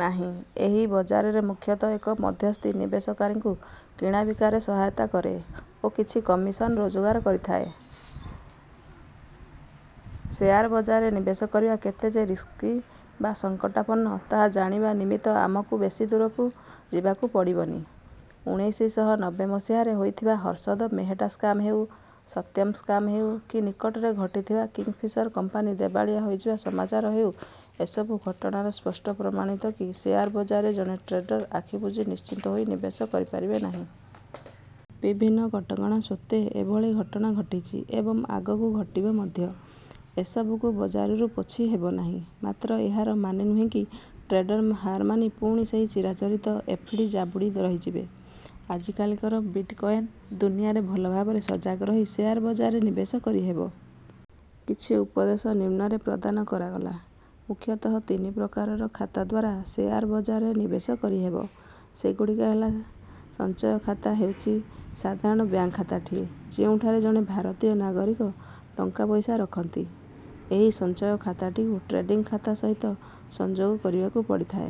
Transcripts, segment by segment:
ନାହିଁ। ଏହି ବଜାରରେ ମୁଖ୍ୟତଃ ଏକ ମଧ୍ୟସ୍ଥି ନିବେଶକାରୀଙ୍କୁ କିଣାବିକାରେ ସହାୟତା କରେ ଓ କିଛି କମିଶନ ରୋଜଗାର କରିଥାଏ। ଶେୟାର ବଜାରରେ ନିବେଶ କରିବା କେତେଯେ ରିସ୍କି ବା ସଙ୍କଟାପନ୍ନ, ତାହା ଜାଣିବା ନିମିତ୍ତ ଆମକୁ ବେଶୀ ଦୂରକୁ ଯିବାକୁ ପଡ଼ିବନି। ଉଣେଇଶି ଶହ ନବେ ମସିହା ରେ ହୋଇଥିବା ହର୍ଷଦ ମେହେଟ୍ଟା ସ୍କାମ୍‌ ହେଉ, ସତ୍ୟମ୍‌ ସ୍କାମ୍‌ ହେଉ, କି ନିକଟରେ ଘଟିଥିବା କିଙ୍ଗଫିସର କମ୍ପାନୀ ଦେବାଳିଆ ହୋଇଯିବା ସମାଚାର ହେଉ, ଏସବୁ ଘଟଣାରୁ ସ୍ପଷ୍ଟ ପ୍ରମାଣିତ କି ଶେୟାର ବଜାରରେ ଜଣେ ଟ୍ରେଡର ଆଖିବୁଜି ନିଶ୍ଚିନ୍ତ ହୋଇ ନିବେଶ କରିପାରିବେ ନାହିଁ। ବିଭିନ୍ନ କଟକଣା ସତ୍ତ୍ୱେ ଏଭଳି ଘଟଣା ଘଟିଛି ଏବଂ ଆଗକୁ ଘଟିବ ମଧ୍ୟ, ଏସବୁକୁ ବଜାରରୁ ପୋଛି ହେବନାହିଁ। ମାତ୍ର ଏହାର ମାନେ ନୁହେଁ କି ଟ୍ରେଡର ହାର ମାନି ପୁଣି ସେହି ଚିରାଚରିତ ଏଫ୍‌ଡି ଜାବୁଡ଼ି ରହିଯିବେ। ଆଜିକାଲିକାର ବିଟ୍‌କଏନ୍‌ ଦୁନିଆରେ ଭଲ ଭାବରେ ସଜାଗ ରହି ଶେୟାର ବଜାରରେ ନିବେଶ କରିହେବ। କିଛି ଉପଦେଶ ନିମ୍ନରେ ପ୍ରଦାନ କରାଗଲା। ମୁଖ୍ୟତଃ ତିନି ପ୍ରକାରର ଖାତା ଦ୍ୱାରା ଶେୟାର ବଜାରରେ ନିବେଶ କରିହେବ। ସେଗୁଡ଼ିକ ହେଲାସଞ୍ଚୟ ଖାତା ହେଉଛି ସାଧାରଣ ବ୍ୟାଙ୍କ ଖାତାଟିଏ, ଯେଉଁଠାରେ ଜଣେ ଭାରତୀୟ ନାଗରିକ ଟଙ୍କାପଇସା ରଖନ୍ତି। ଏହି ସଞ୍ଚୟ ଖାତାଟିକୁ ଟ୍ରେଡିଂ ଖାତା ସହିତ ସଂଯୋଗ କରିବାକୁ ପଡ଼ିଥାଏ।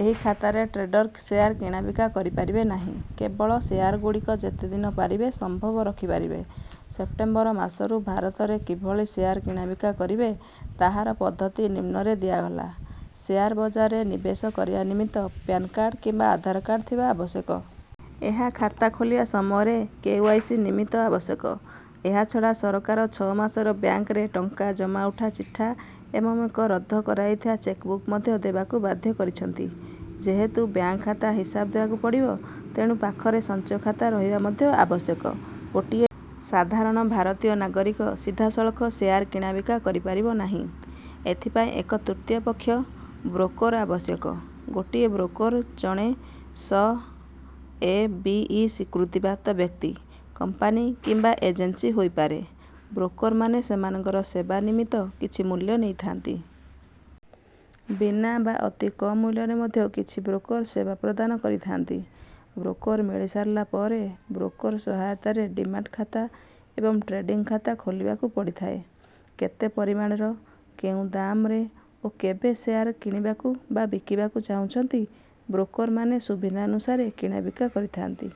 ଏହି ଖାତାରେ ଟ୍ରେଡର ଶେୟାର କିଣାବିକା କରିପାରିବେ ନାହିଁ କେବଳ ଶେୟାରଗୁଡ଼ିକ ଯେତେଦିନ ପାରିବେ ସମ୍ଭବ ରଖିପାରିବେ। ସେପ୍ଟେମ୍ବର ମାସରୁ ଭାରତରେ କିଭଳି ଶେୟାର କିଣାବିକା କରିବେ, ତାହାର ପଦ୍ଧତି ନିମ୍ନରେ ଦିଆଗଲାଶେୟାର ବଜାରରେ ନିବେଶ କରିବା ନିମିତ୍ତ ପ୍ୟାନ୍‌ କାର୍ଡ଼ କିମ୍ବା ଆଧାର କାର୍ଡ଼ ଥିବା ଆବଶ୍ୟକ। ଏହା ଖାତା ଖୋଲିବା ସମୟରେ କେ.ୱାଇ.ସି. ନିମିତ୍ତ ଆବଶ୍ୟକ। ଏହାଛଡ଼ା ସରକାର ଛଅ ମାସର ବ୍ୟାଙ୍କରେ ଟଙ୍କା ଜମା-ଉଠା ଚିଠା ଏବଂ ଏକ ରଦ୍ଦ କରାଯାଇଥିବା ଚେକ୍‌ବୁକ୍‌ ମଧ୍ୟ ଦେବାକୁ ବାଧ୍ୟ କରିଛନ୍ତି। ଯେହେତୁ ବ୍ୟାଙ୍କ ଖାତା ହିସାବ ଦେବାକୁ ପଡ଼ିବ, ତେଣୁ ପାଖରେ ସଞ୍ଚୟ ଖାତା ରହିବା ମଧ୍ୟ ଆବଶ୍ୟକ। ଗୋଟିଏ ସାଧାରଣ ଭାରତୀୟ ନାଗରିକ ସିଧାସଳଖ ଶେୟାର କିଣାବିକା କରିପାରିବ ନାହିଁ, ଏଥିପାଇଁ ଏକ ତୃତୀୟ ପକ୍ଷ, ବ୍ରୋକର ଆବଶ୍ୟକ। ଗୋଟିଏ ବ୍ରୋକର ଜଣେ ସ ଏ ବି ଇ ସ୍ୱୀକୃତିପ୍ରାପ୍ତ ବ୍ୟକ୍ତି, କମ୍ପାନୀ କିମ୍ବା ଏଜେନ୍ସି ହୋଇପାରେ। ବ୍ରୋକରମାନେ ସେମାନଙ୍କର ସେବା ନିମିତ୍ତ କିଛି ମୂଲ୍ୟ ନେଇଥାନ୍ତି। ବିନା ବା ଅତିକମ୍‌ ମୂଲ୍ୟରେ ମଧ୍ୟ କିଛି ବ୍ରୋକର ସେବା ପ୍ରଦାନ କରିଥାନ୍ତି। ବ୍ରୋକର ମିଳିସାରିଲା ପରେ ବ୍ରୋକର ସହାୟତାରେ ଡିମାଟ୍‌ ଖାତା ଏବଂ ଟ୍ରେଡିଂ ଖାତା ଖୋଲିବାକୁ ପଡ଼ିଥାଏ। କେତେ ପରିମାଣର, କେଉଁ ଦାମ୍‌ରେ ଓ କେବେ ଶେୟାର କିଣିବାକୁ ବା ବିକିବାକୁ ଚାହୁଁଛନ୍ତି, ବ୍ରୋକରମାନେ ସୁବିଧାନୁସାରେ କିଣାବିକା କରିଥାନ୍ତି।